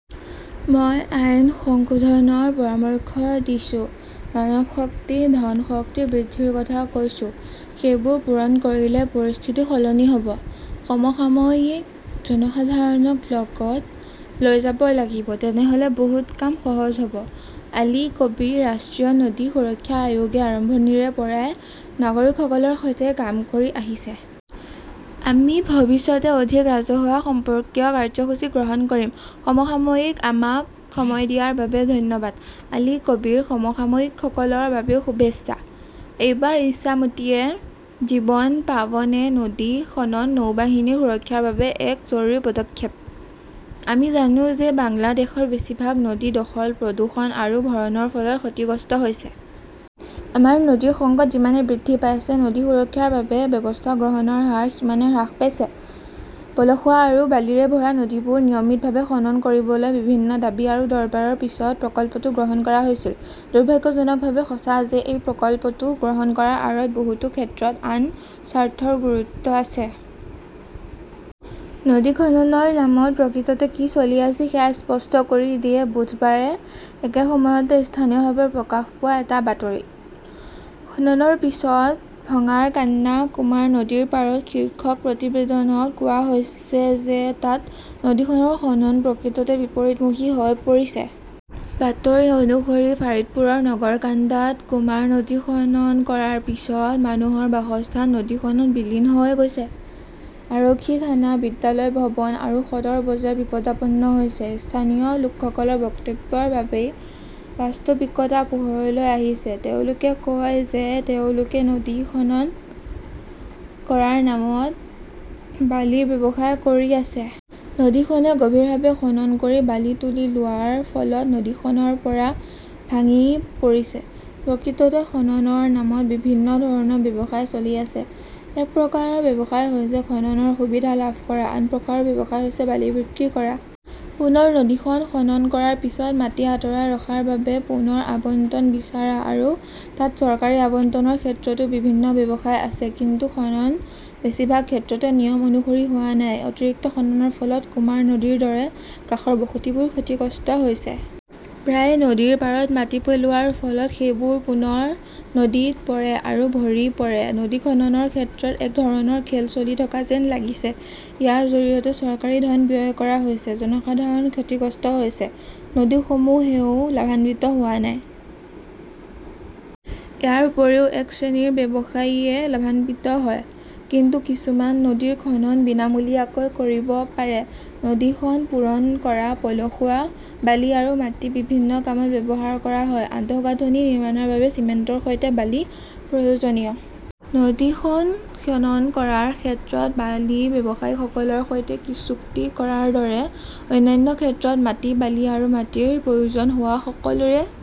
মই আইন সংশোধনৰ পৰামৰ্শ দিছো। মানৱশক্তি, ধন শক্তি বৃদ্ধিৰ কথা কৈছো। সেইবোৰ পূৰণ কৰিলে পৰিস্থিতি সলনি হ’ব। সমসাময়িকঃ জনসাধাৰণক লগত লৈ যাব লাগিব। তেনেহ’লে বহুত কাম সহজ হ’ব। আলী কবীৰঃ ৰাষ্ট্ৰীয় নদী সুৰক্ষা আয়োগে আৰম্ভণিৰে পৰাই নাগৰিকসকলৰ সৈতে কাম কৰি আহিছে। আমি ভৱিষ্যতে অধিক ৰাজহুৱা সম্পৰ্কীয় কাৰ্যসূচী গ্ৰহণ কৰিম। সমসাময়িকঃ আমাক সময় দিয়াৰ বাবে ধন্যবাদ। আলী কবীৰঃ সমসাময়িকসকলৰ বাবেও শুভেচ্ছা। এইবাৰ ইছামতীয়ে জীৱন পাবনে নদী খনন নৌবাহিনীৰ সুৰক্ষাৰ বাবে এক জৰুৰী পদক্ষেপ। আমি জানো যে বাংলাদেশৰ বেছিভাগ নদী দখল-প্ৰদূষণ আৰু ভৰণৰ ফলত ক্ষতিগ্ৰস্ত হৈছে। আমাৰ নদীৰ সংকট যিমানে বৃদ্ধি পাইছে; নদী সুৰক্ষাৰ বাবে ব্যৱস্থা গ্ৰহণৰ হাৰ সিমানে হ্ৰাস পাইছে। পলসুৱা আৰু বালিৰে ভৰা নদীবোৰ নিয়মিতভাৱে খনন কৰিবলৈ বিভিন্ন দাবী আৰু দৰবাৰৰ পিছত প্ৰকল্পটো গ্ৰহণ কৰা হৈছিল। দুৰ্ভাগ্যজনকভাৱে সঁচা যে এই প্ৰকল্পটো গ্ৰহণ কৰাৰ আঁৰত বহুতো ক্ষেত্ৰত আন স্বাৰ্থৰ গুৰুত্ব আছে। নদী খননৰ নামত প্ৰকৃততে কি চলি আছে সেয়া স্পষ্ট কৰি দিয়ে-বুধবাৰে একে সময়তে স্থানীয়ভাৱে প্ৰকাশ পোৱা এটা বাতৰি। খননৰ পিছত ভঙাৰ কান্না কুমাৰ নদীৰ পাৰত শীৰ্ষক প্ৰতিবেদনত কোৱা হৈছে যে তাত নদীখনৰ খনন প্ৰকৃততে বিপৰীতমুখী হৈ পৰিছে। বাতৰি অনুসৰি, ফাৰিদপুৰৰ নগৰকান্দাত কুমাৰ নদী খনন কৰাৰ পিছত মানুহৰ বাসস্থান নদীখনত বিলীন হৈ গৈছে। আৰক্ষী থানা, বিদ্যালয় ভৱন আৰু সদৰ বজাৰ বিপদাপন্ন হৈছে। স্থানীয় লোকসকলৰ বক্তব্যৰ বাবেই বাস্তৱিকতা পোহৰলৈ আহিছে। তেওঁলোকে কয় যে তেওঁলোকে নদীখন খনন কৰাৰ নামত বালিৰ ব্যৱসায় কৰি আছে। নদীখনে গভীৰভাৱে খনন কৰি বালি তুলি লোৱাৰ ফলত নদীখনৰ পাৰ ভাঙি পৰিছে। প্ৰকৃততে খননৰ নামত বিভিন্ন ধৰণৰ ব্যৱসায় চলি আছে। এক প্ৰকাৰৰ ব্যৱসায় হৈছে খননৰ সুবিধা লাভ কৰা; আন প্ৰকাৰৰ ব্যৱসায় হৈছে বালি বিক্ৰী কৰা। পুনৰ নদীখন খনন কৰাৰ পিছত মাটি আঁতৰাই ৰখাৰ বাবে পুনৰ আবণ্টন বিচাৰা আৰু তাত চৰকাৰী আবণ্টনৰ ক্ষেত্ৰতো বিভিন্ন ব্যৱসায় আছে। কিন্তু খনন বেছিভাগ ক্ষেত্ৰতে নিয়ম অনুসৰি হোৱা নাই। অতিৰিক্ত খননৰ ফলত কুমাৰ নদীৰ দৰে কাষৰ বসতিবোৰ ক্ষতিগ্ৰস্ত হৈছে। প্ৰায়ে নদীৰ পাৰত মাটি পেলোৱাৰ ফলত সেইবোৰ পুনৰ নদীত পৰে আৰু ভৰি পৰে। নদী খননৰ ক্ষেত্ৰত এক ধৰণৰ খেল চলি থকা যেন লাগিছে। ইয়াৰ জৰিয়তে চৰকাৰী ধন ব্যয় কৰা হৈছে; জনসাধাৰণ ক্ষতিগ্ৰস্ত হৈছে; নদীসমূহেও লাভান্বিত হোৱা নাই। ইয়াৰ উপৰিও, এক শ্ৰেণীৰ ব্যৱসায়ীয়ে লাভান্বিত হয়। কিন্তু কিছুমান নদীৰ খনন বিনামূলীয়াকৈ কৰিব পাৰি। নদীখন পূৰণ কৰা পলসুৱা, বালি আৰু মাটি বিভিন্ন কামত ব্যৱহাৰ কৰা হয়। আন্তঃগাঁথনি নিৰ্মাণৰ বাবে চিমেণ্টৰ সৈতে বালি প্ৰয়োজনীয়। নদীখন খনন কৰাৰ ক্ষেত্ৰত বালি ব্যৱসায়ীসকলৰ সৈতে চুক্তি কৰাৰ দৰে, অন্যান্য ক্ষেত্ৰত মাটি, বালি আৰু মাটিৰ প্ৰয়োজন হোৱা সকলোৰে